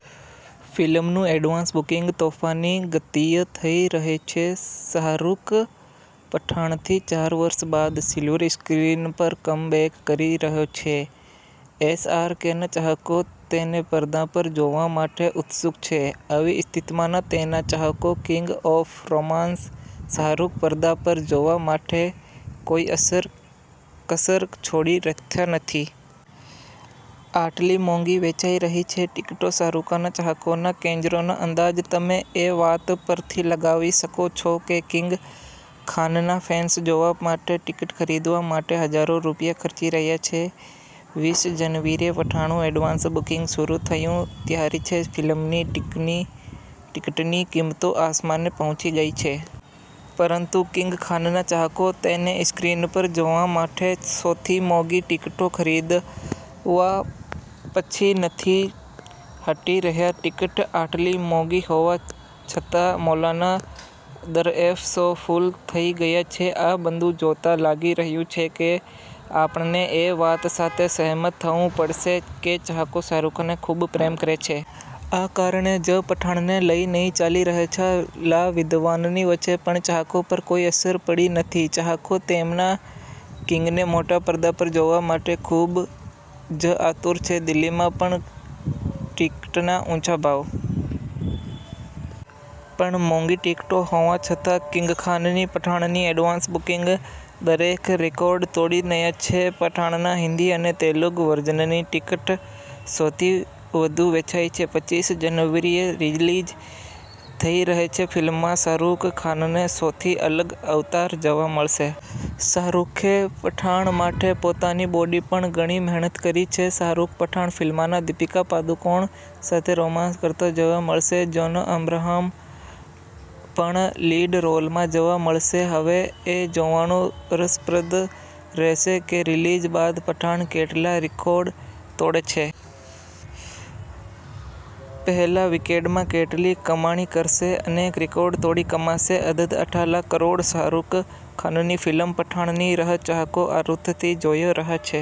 ફિલ્મનું advance booking તોફાની ગતિએ થઇ રહ્યું છે. શાહરૂખ પઠાણથી ચાર વર્ષ બાદ સિલ્વર સ્ક્રીન પર કમબેક કરી રહ્યો છે. એસ આર કેના ચાહકો તેને પડદા પર જોવા માટે ઉત્સુક છે. આવી સ્થિતિમાં તેના ચાહકો કિંગ ઓફ રોમાન્સ શાહરૂખને પડદા પર જોવા માટે કોઈ કસર છોડી રહ્યા નથી. આટલી મોંઘી વેચાઈ રહી છે ટિકિટો શાહરૂખના ચાહકોના ક્રેઝનો અંદાજ તમે એ વાત પરથી લગાવી શકો છો કે કિંગ ખાનના ફેન્સ જોવા માટે ટિકિટ ખરીદવા માટે હજારો રૂપિયા ખર્ચી રહ્યા છે.વીસ જાન્યુઆરીએ પઠાણનું એડવાન્સ બુકિંગ શરૂ થયું ત્યારથી જ ફિલ્મની ટિકિટની કિંમતો આસમાને પહોંચી ગઈ છે. પરંતુ કિંગ ખાનના ચાહકો તેને સ્ક્રીન પર જોવા માટે સૌથી મોંઘી ટિકિટો ખરીદવા પીછડ નથી હટી રહ્યા. ટિકિટ આટલી મોંઘી હોવા છતાં મોલના દરેક શો ફુલ થઈ ગયા છે. આ બધું જોતા લાગી રહ્યું છે કે, આપણે એ વાત સાથે સહમત થવું પડશે કે ચાહકો શાહરૂખને ખુબ પ્રેમ કરે છે. આ કારણે જ પઠાણને લઈને ચાલી રહેલા વિવાદની વચ્ચે પણ ચાહકો પર કોઈ અસર પડી નથી. ચાહકો તેમના કિંગને મોટા પડદા પર જોવા માટે ખુબ જ આતુર છે. દિલ્હીમાં પણ ટિકિટના ઊંચા ભાવ! પણ મોંઘી ટિકિટો હોવા છતાં કિંગખાનની પઠાણની એડવાન્સ બુકિંગે દરેક રેકોર્ડ તોડી નાખ્યા છે. 'પઠાણ'ના હિન્દી અને તેલુગુ વર્ઝનની ટિકિટ સૌથી વધુ વેચાઈ છે. પચીસ જાન્યુઆરીએ રિલીઝ થઈ રહી છે. ફિલ્મમાં શાહરૂખ ખાનનો સૌથી અલગ અવતાર જોવા મળશે. શાહરુખે પઠાણ માટે પોતાની બોડી પર ઘણી મહેનત કરી છે. શાહરૂખ પઠાણ ફિલ્મમાં દીપિકા પાદુકોણ સાથે રોમાન્સ કરતો જોવા મળશે. જોન અબ્રાહમ પણ લીડ રોલમાં જોવા મળશે. હવે એ જોવાનું રસપ્રદ રહેશે કે રિલીઝ બાદ પઠાણ કેટલા રેકોર્ડ તોડે છે. પહેલા વિકેન્ડમાં કેટલી કમાણી કરશે? અનેક રેકોર્ડ તોડી કમાશે અધધ આટલા કરોડ: શાહરૂખ ખાનની ફિલ્મ 'પઠાણ' ની રાહ ચાહકો આતુરતાથી જોઈ રહ્યા છે.